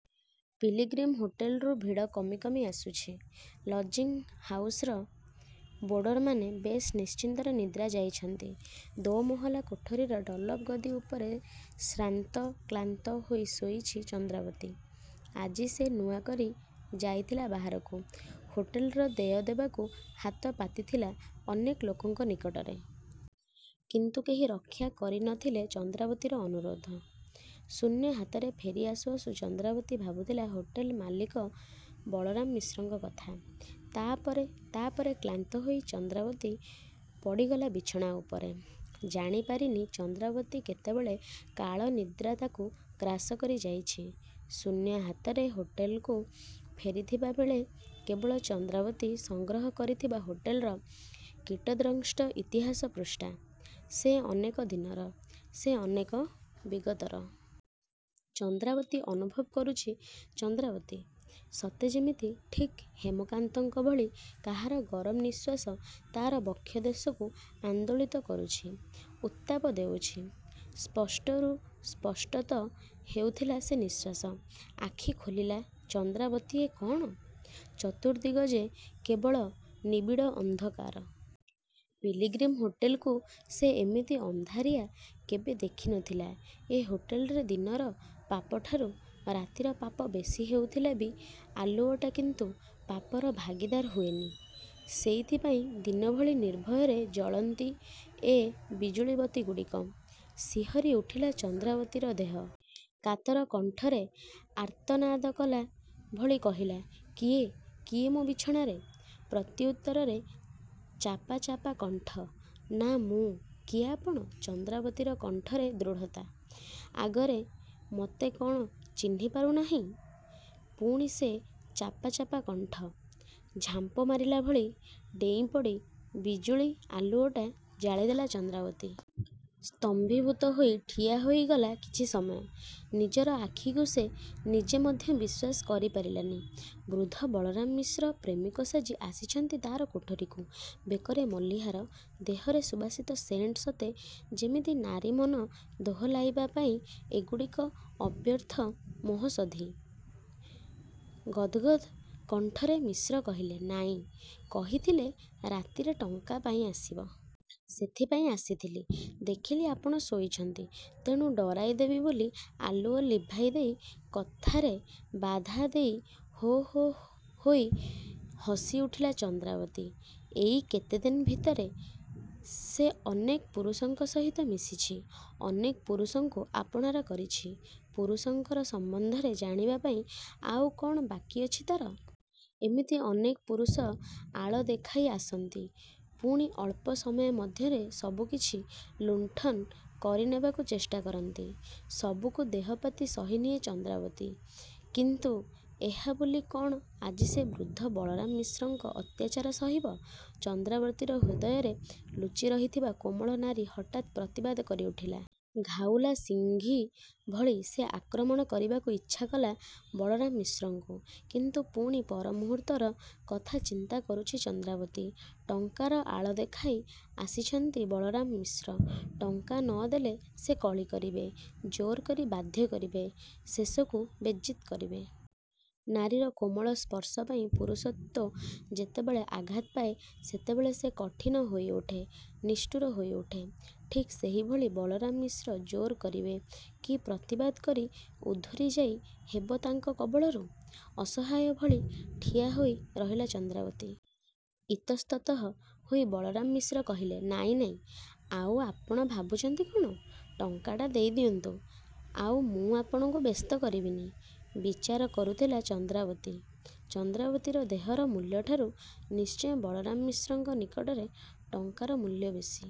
Pilgrim ହୋଟେଲ୍ରୁ ଭିଡ଼ କମି କମି ଆସୁଛି। ଲଜିଂ ହାଉସ୍ର ବୋଡ଼ରମାନେ ବେଶ୍ ନିଶ୍ଚିନ୍ତରେ ନିଦ୍ରା ଯାଇଛନ୍ତି। ଦୋମହଲା କୋଠରୀର ଡନ୍ଲପ୍ ଗଦି ଉପରେ ଶ୍ରାନ୍ତ କ୍ଳାନ୍ତ ହୋଇ ଶୋଇଛି ଚନ୍ଦ୍ରାବତୀ। ଆଜି ସେ ନୂଆ କରି ଯାଇଥିଲା ବାହାରକୁ। ହୋଟେଲର ଦେୟ ଦେବାକୁ ହାତ ପାତିଥିଲା ଅନେକ ଲୋକଙ୍କ ନିକଟରେ। କିନ୍ତୁ କେହି ରକ୍ଷା କରି ନ ଥିଲେ ଚନ୍ଦ୍ରାବତୀର ଅନୁରୋଧ। ଶୂନ୍ୟ ହାତରେ ଫେରି ଆସୁ ଆସୁ ଚନ୍ଦ୍ରାବତୀ ଭାବୁଥିଲା ହୋଟେଲ ମାଲିକ ବଳରାମ ମିଶ୍ରଙ୍କ କଥା। ତା'ପରେ ତା'ପରେ କ୍ଳାନ୍ତ ହୋଇ ଚନ୍ଦ୍ରାବତୀ ପଡ଼ିଗଲା ବିଛଣା ଉପରେ। ଜାଣି ପାରିନି ଚନ୍ଦ୍ରାବତୀ କେତେବେଳେ କାଳ ନିଦ୍ରା ତାକୁ ଗ୍ରାସ କରି ଯାଇଛି ଶୂନ୍ୟ ହାତରେ ହୋଟେଲକୁ ଫେରିଥିବା ବେଳେ କେବଳ ଚନ୍ଦ୍ରାବତୀ ସଂଗ୍ରହ କରିଥିଲା ହୋଟେଲର କୀଟଦ୍ରଂଷ୍ଟ ଇତିହାସ ପୃଷ୍ଠା, ସେ ଅନେକ ଦିନର, ସେ ଅନେକ ବିଗତର। ଚନ୍ଦ୍ରାବତୀ ଅନୁଭବ କରୁଛି ଚନ୍ଦ୍ରାବତୀ। ସତେ ଯେମିତି ଠିକ୍ ହେମକାନ୍ତଙ୍କ ଭଳି କାହାର ଗରମ ନିଃଶ୍ୱାସ ତା'ର ବକ୍ଷ ଦେଶକୁ ଆନ୍ଦୋଳିତ କରୁଛି। ଉତ୍ତାପ ଦେଉଛି। ସ୍ପଷ୍ଟରୁ ସ୍ପଷ୍ଟତ ହେଉଥିଲା ସେ ନିଶ୍ୱାସ। ଆଖି ଖୋଲିଲା ଚନ୍ଦ୍ରାବତୀଏ କ'ଣ? ଚତୁର୍ଦିଗ ଯେ କେବଳ ନିବିଡ଼ ଅନ୍ଧକାର! ପିଲ୍ଗ୍ରିମ ହୋଟେଲକୁ ସେ ଏମିତି ଅନ୍ଧାରିଆ କେବେ ଦେଖି ନ ଥିଲା। ଏ ହୋଟେଲରେ ଦିନର ପାପଠାରୁ ରାତିର ପାପ ବେଶୀ ହେଉଥିଲା ବି ଆଲୁଅଟା କିନ୍ତୁ ପାପର ଭାଗୀଦାର ହୁଏନି। ସେଇଥିପାଇଁ ଦିନ ଭଳି ନିର୍ଭୟରେ ଜଳନ୍ତି ଏ ବିଜୁଳିବତୀଗୁଡ଼ିକ। ଶିହରି ଉଠିଲା ଚନ୍ଦ୍ରାବତୀର ଦେହ। କାତର କଣ୍ଠରେ ଆର୍ତ୍ତନାଦ କଲା ଭଳି କହିଲା, "କିଏ? କିଏ ମୋ ବିଛଣାରେ?"ପ୍ରତ୍ୟୁତ୍ତରରେ ଚାପା ଚାପା କଣ୍ଠ, ନାଁ ମୁଁ।"କିଏ ଆପଣ?" ଚନ୍ଦ୍ରାବତୀର କଣ୍ଠରେ ଦୃଢ଼ତା।"ଆରେ ମୋତେ କ'ଣ ଚିହ୍ନି ପାରୁନାହିଁ?" ପୁଣି ସେହି ଚାପା ଚାପା କଣ୍ଠ। ଝାମ୍ପମାରିଲା ଭଳି ଡେଇଁ ପଡ଼ି ବିଜୁଳି ଆଲୁଅଟା ଜାଳିଦେଲା ଚନ୍ଦ୍ରାବତୀ। ସ୍ତମ୍ଭୀଭୂତ ହୋଇ ଠିଆ ହୋଇଗଲା କିଛି ସମୟ। ନିଜର ଆଖିକୁ ସେ ନିଜେ ମଧ୍ୟ ବିଶ୍ୱାସ କରି ପାରିଲାନି। ବୃଦ୍ଧ ବଳରାମ ମିଶ୍ର ପ୍ରେମିକ ସାଜି ଆସିଛନ୍ତି ତା'ର କୋଠରୀକୁ। ବେକରେ ମଲ୍ଲିହାର, ଦେହରେ ସୁବାସିତ ସେଣ୍ଟ୍ ସତେ ଯେମିତି ନାରୀ ମନ ଦୋହଲାଇବା ପାଇଁ ଏଗୁଡ଼ିକ ଅବ୍ୟର୍ଥ ମହୋଷଧୀ|ଗଦ୍ଗଦ୍ କଣ୍ଠରେ ମିଶ୍ର କହିଲେ, "ନାଇଁ, କହିଥିଲେ ରାତିରେ ଟଙ୍କା ପାଇଁ ଆସିବ। ସେଥିପାଇଁ ଆସିଥିଲି। ଦେଖିଲି ଆପଣ ଶୋଇଛନ୍ତି, ତେଣୁ ଡରାଇ ଦେବି ବୋଲି ଆଲୁଅ ଲିଭାଇ ଦେଇ। କଥାରେ ବାଧା ଦେଇ ହୋ ହୋ ହୋଇ ହସିଉଠିଲା ଚନ୍ଦ୍ରାବତୀ। ଏଇ କେତେଦିନ ଭିତରେ ସେ ଅନେକ ପୁରୁଷଙ୍କ ସହିତ ମିଶିଛି, ଅନେକ ପୁରୁଷଙ୍କୁ ଆପଣାର କରିଛି ପୁରୁଷଙ୍କ ସମ୍ୱନ୍ଧରେ ଜାଣିବା ପାଇଁ ଆଉ କ'ଣ ବାକି ଅଛି ତା'ର? ଏମିତି ଅନେକ ପୁରୁଷ ଆଳ ଦେଖାଇ ଆସନ୍ତି, ପୁଣି ଅଳ୍ପ ସମୟ ମଧ୍ୟରେ ସବୁ କିଛି ଲୁଣ୍ଠନ କରିନେବାକୁ ଚେଷ୍ଟା କରନ୍ତି। ସବୁକୁ ଦେହପାତି ସହିନିଏ ଚନ୍ଦ୍ରାବତୀ। କିନ୍ତୁ ଏହା ବୋଲି କ'ଣ ଆଜି ସେ ବୃଦ୍ଧ ବଳରାମ ମିଶ୍ରଙ୍କ ଅତ୍ୟାଚାର ସହିବ? ଚନ୍ଦ୍ରାବତୀର ହୃଦୟରେ ଲୁଚି ରହିଥିବା କୋମଳ ନାରୀ ହଠାତ୍ ପ୍ରତିବାଦ କରି ଉଠିଲା। ଘାଉଲା ସିଂହୀ ଭଳି ସେ ଆକ୍ରମଣ କରିବାକୁ ଇଚ୍ଛାକଲା ବଳରାମ ମିଶ୍ରଙ୍କୁ। କିନ୍ତୁ ପୁଣି ପରମୁହୂର୍ତ୍ତର କଥା ଚିନ୍ତା କରୁଛି ଚନ୍ଦ୍ରାବତୀ। ଟଙ୍କାର ଆଳ ଦେଖାଇ ଆସିଛନ୍ତି ବଳରାମ ମିଶ୍ର। ଟଙ୍କା ନ ଦେଲେ ସେ କଳି କରିବେ, ଜୋର କରି ବାଧ୍ୟ କରିବେ, ଶେଷକୁ ବେଜିତ୍ କରିବେ। ନାରୀର କୋମଳ ସ୍ପର୍ଶ ପାଇଁ ପୁରୁଷତ୍ୱ ଯେତେବେଳେ ଆଘାତ ପାଏ, ସେତେବେଳେ ସେ କଠିନ ହୋଇଉଠେ, ନିଷ୍ଠୁର ହୋଇଉଠେ। ଠିକ୍ ସେହିଭଳି ବଳରାମ ମିଶ୍ର ଜୋର କରିବେ। କି ପ୍ରତିବାଦ କରି ଉଧୁରି ଯାଇ ହେବ ତାଙ୍କ କବଳରୁ? ଅସହାୟ ଭଳି ଠିଆ ହୋଇ ରହିଲା ଚନ୍ଦ୍ରାବତୀ। ଇତସ୍ତତଃ ହୋଇ ବଳରାମ ମିଶ୍ର କହିଲେ, "ନାଇଁ ନାଇଁ, ଆଉ ଆପଣ ଭାବୁଛନ୍ତି କ'ଣ? ଟଙ୍କାଟା ଦେଇ ଦିଅନ୍ତୁ, ଆଉ ମୁଁ ଆପଣଙ୍କୁ ବ୍ୟସ୍ତ କରିବିନି।"ବିଚାର କରୁଥିଲା ଚନ୍ଦ୍ରାବତୀ ଚନ୍ଦ୍ରାବତୀର ଦେହର ମୂଲ୍ୟଠାରୁ ନିଶ୍ଚୟ ବଳରାମ ମିଶ୍ରଙ୍କ ନିକଟରେ ଟଙ୍କାର ମୂଲ୍ୟ ବେଶୀ।